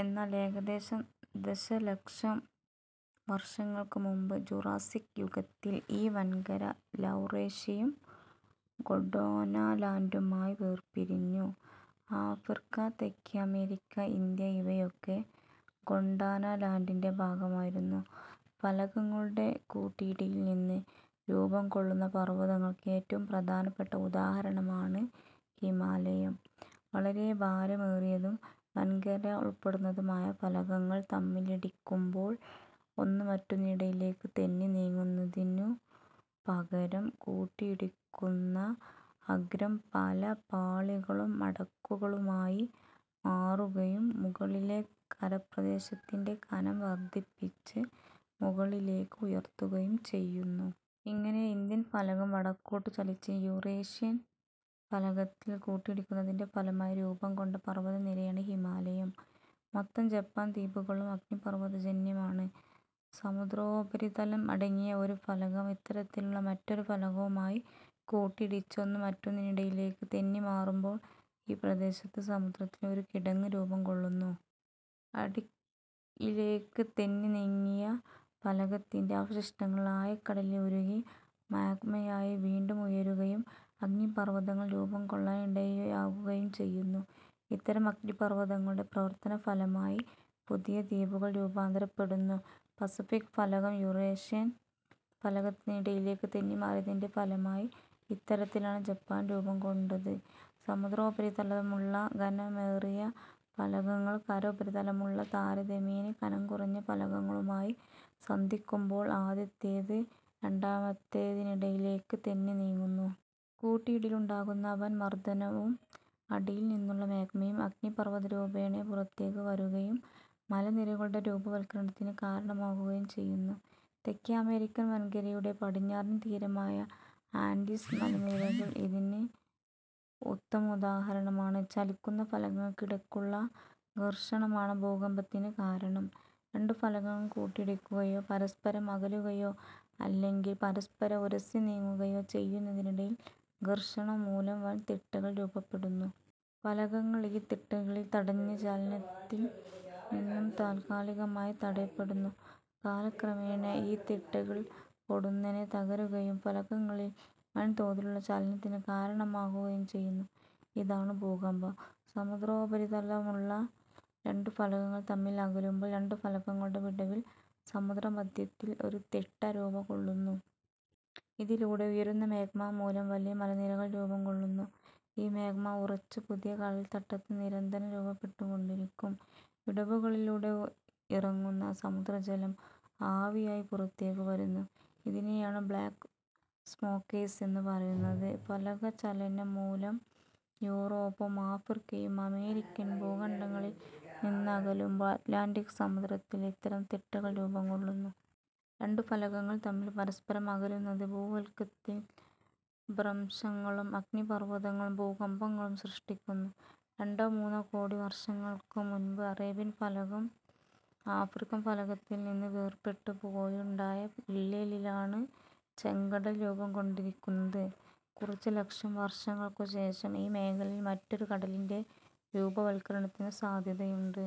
എന്നാൽ ഏകദേശം ദശലക്ഷം വർഷങ്ങൾക്കുമുൻപ്, ജൂറാസ്സിക് യുഗത്തിൽ ഈ വൻകര ലൗറേഷ്യയും ഗോണ്ട്വാനാ ലാൻഡുമായി വേർപിരിഞ്ഞു. ആഫ്രിക്ക, തെക്കേ അമേരിക്ക, ഇന്ത്യ ഇവയൊക്കെ ഗോണ്ടാനാ ലാൻഡിന്റെ ഭാഗമായിരുന്നു. ഫലകങ്ങളുടെ കൂട്ടിയിടിയിൽ നിന്ന് രൂപം കൊള്ളുന്ന പർവതങ്ങൾക്ക് ഏറ്റവും പ്രധാനപ്പെട്ട ഉദാഹരണമാണ് ഹിമാലയം. വളരെ ഭാരമേറിയതും വൻകര ഉൾപ്പെടുന്നതുമായ ഫലകങ്ങൾ തമ്മിലിടിക്കുമ്പോൾ ഒന്ന് മറ്റൊന്നിനടിയിലേക്ക് തെന്നി നീങ്ങുന്നതിനു പകരം കൂട്ടിയിടിക്കുന്ന അഗ്രം പല പാളികളും മടക്കുകളുമായി മാറുകയും, മുകളിലെ കരപ്രദേശത്തിന്റെ കനം വർദ്ധിപ്പിച്ച് മുകളിലേക്ക് ഉയർത്തുകയും ചെയ്യുന്നു. ഇങ്ങനെ ഇന്ത്യൻ ഫലകം വടക്കോട്ടു ചലിച്ച് യുറേഷ്യൻ ഫലകത്തിൽ കൂട്ടിയിടിക്കുന്നതിന്റെ ഫലമായി രൂപം കൊണ്ട പർവതനിരയാണ് ഹിമാലയം. മൊത്തം ജപ്പാൻ ദ്വീപുകളും അഗ്നിപർവതജന്യമാണ്. സമുദ്രോപരിതലം അടങ്ങിയ ഒരു ഫലകം ഇത്തരത്തിലുള്ള മറ്റൊരു ഫലകവുമായി കൂട്ടിയിടിച്ച് ഒന്ന് മറ്റൊന്നിനടിയിലേക്ക് തെന്നി മാറുമ്പോൾ ഈ പ്രദേശത്ത് സമുദ്രത്തിൽ ഒരു കിടങ്ങ് രൂപം കൊള്ളുന്നു. അടിയിലേക്ക് തെന്നി നീങ്ങിയ ഫലകത്തിന്റെ അവശിഷ്ടങ്ങൾ ആഴക്കടലിൽ ഉരുകി മാഗ്മയായി വീണ്ടും ഉയരുകയും അഗ്നിപർവതങ്ങൾ രൂപം കൊള്ളാൻ ഇടയാകുകയും ചെയ്യുന്നു. ഇത്തരം അഗ്നിപർവതങ്ങളുടെ പ്രവർത്തനഫലമായി പുതിയ ദ്വീപുകൾ രൂപാന്തരപ്പെടുന്നു. പസഫിക് ഫലകം യുറേഷ്യൻ ഫലകത്തിനടിയിലേക്ക് തെന്നിമാറിയതിന്റെ ഫലമായി ഇത്തരത്തിലാണ് ജപ്പാൻ രൂപം കൊണ്ടത്. സമുദ്രോപരിതലമുള്ള ഖനമേറിയ ഫലകങ്ങൾ, കര ഉപരിതലമുള്ള താരതമ്യേന കനം കുറഞ്ഞ ഫലകങ്ങളുമായി സന്ധിക്കുമ്പോൾ ആദ്യത്തേത് രണ്ടാമത്തേതിനടിയിലേക്ക് തെന്നി നീങ്ങുന്നു. കൂട്ടിയിടിയിലുണ്ടാകുന്ന വൻ മർദ്ദവും അടിയിൽ നിന്നുള്ള മാഗ്മയും അഗ്നിപർവതരൂപേണ പുറത്തേക്ക് വരുകയും മലനിരകളുടെ രൂപവത്കരണത്തിന് കാരണമാകുകയും ചെയ്യുന്നു. തേക്കേ അമേരിക്കൻ വൻകരയുടെ പടിഞ്ഞാറൻ തീരമായ ആൻഡീസ് മലനിരകൾ ഇതിന് ഉത്തമോദാഹരണമാണ് ചലിക്കുന്ന ഫലകങ്ങൾക്കിടക്കുള്ള ഘർഷണമാണ് ഭൂകമ്പത്തിന് കാരണം. രണ്ടു ഫലകങ്ങൾ കൂട്ടിയിടിക്കുകയോ, പരസ്പരം അകലുകയോ അല്ലെങ്കിൽ പരസ്പരം ഉരസി നീങ്ങുകയോ ചെയ്യുന്നതിനിടയിൽ ഘർഷണം മൂലം വൻ തിട്ടകൾ രൂപപ്പെടുന്നു. ഫലകങ്ങൾ ഈ തിട്ടകളിൽ തടഞ്ഞ് ചലനത്തിൽ നിന്നും താൽക്കാലികമായി തടയപ്പെടുന്നു. കാലക്രമേണ ഈ തിട്ടകൾ പൊടുന്നനേ തകരുകയും ഫലകങ്ങളിൽ വൻതോതിലുള്ള ചലനത്തിന് കാരണമാകുകയും ചെയ്യുന്നു. ഇതാണ് ഭൂകമ്പം. സമുദ്രോപരിതലമുള്ള രണ്ടു ഫലകങ്ങൾ തമ്മിൽ അകലുമ്പോൾ രണ്ടു ഫലകങ്ങളുടെ വിടവിൽ സമുദ്രമദ്ധ്യത്തിൽ ഒരു തിട്ട രൂപം കൊള്ളുന്നു. ഇതിലൂടെ ഉയരുന്ന മാഗ്മ മൂലം വലിയ മലനിരകൾ രൂപം കൊള്ളുന്നു. ഈ മാഗ്മ ഉറച്ച് പുതിയ കടൽത്തട്ട് നിരന്തരം രൂപപ്പെട്ടുകൊണ്ടിരിക്കും. വിടവുകളിലൂടെ ഇറങ്ങുന്ന സമുദ്രജലം ആവിയായി പുറത്തേക്കു വരുന്നു. ഇതിനെയാണ് ബ്ലാക്ക് സ്മോക്കേഴ്സ് എന്നു പറയുന്നത്. ഫലകചലനം മൂലം യുറോപ്പും ആഫ്രിക്കയും അമേരിക്കൻ ഭൂഖണ്ഡങ്ങളിൽ നിന്നകലുമ്പോൾ അറ്റ്ലാന്റിക് സമുദ്രത്തിൽ ഇത്തരം തിട്ടകൾ രൂപം കൊള്ളുന്നു. രണ്ടു ഫലകങ്ങൾ തമ്മിൽ പരസ്പരം അകലുന്നത്, ഭൂവൽക്കത്തിൽ ഭ്രംശങ്ങളും, അഗ്നിപർവതങ്ങളും, ഭൂകമ്പങ്ങളും സൃഷ്ടിക്കുന്നു. രണ്ടോ മൂന്നോ കോടി വർഷങ്ങൾക്കു മുൻപ് അറേബ്യൻ ഫലകം ആഫ്രിക്കൻ ഫലകത്തിൽ നിന്ന് വേർപെട്ടു പോയുണ്ടായ വിള്ളലിലാണ് ചെങ്കടൽ രൂപം കൊണ്ടിരിക്കുന്നത്. കുറച്ച് ലക്ഷം വർഷങ്ങൾക്കു ശേഷം ഈ മേഖലയിൽ മറ്റൊരു കടലിന്റെ രൂപവത്കരണത്തിനും സാധ്യതയുണ്ട്.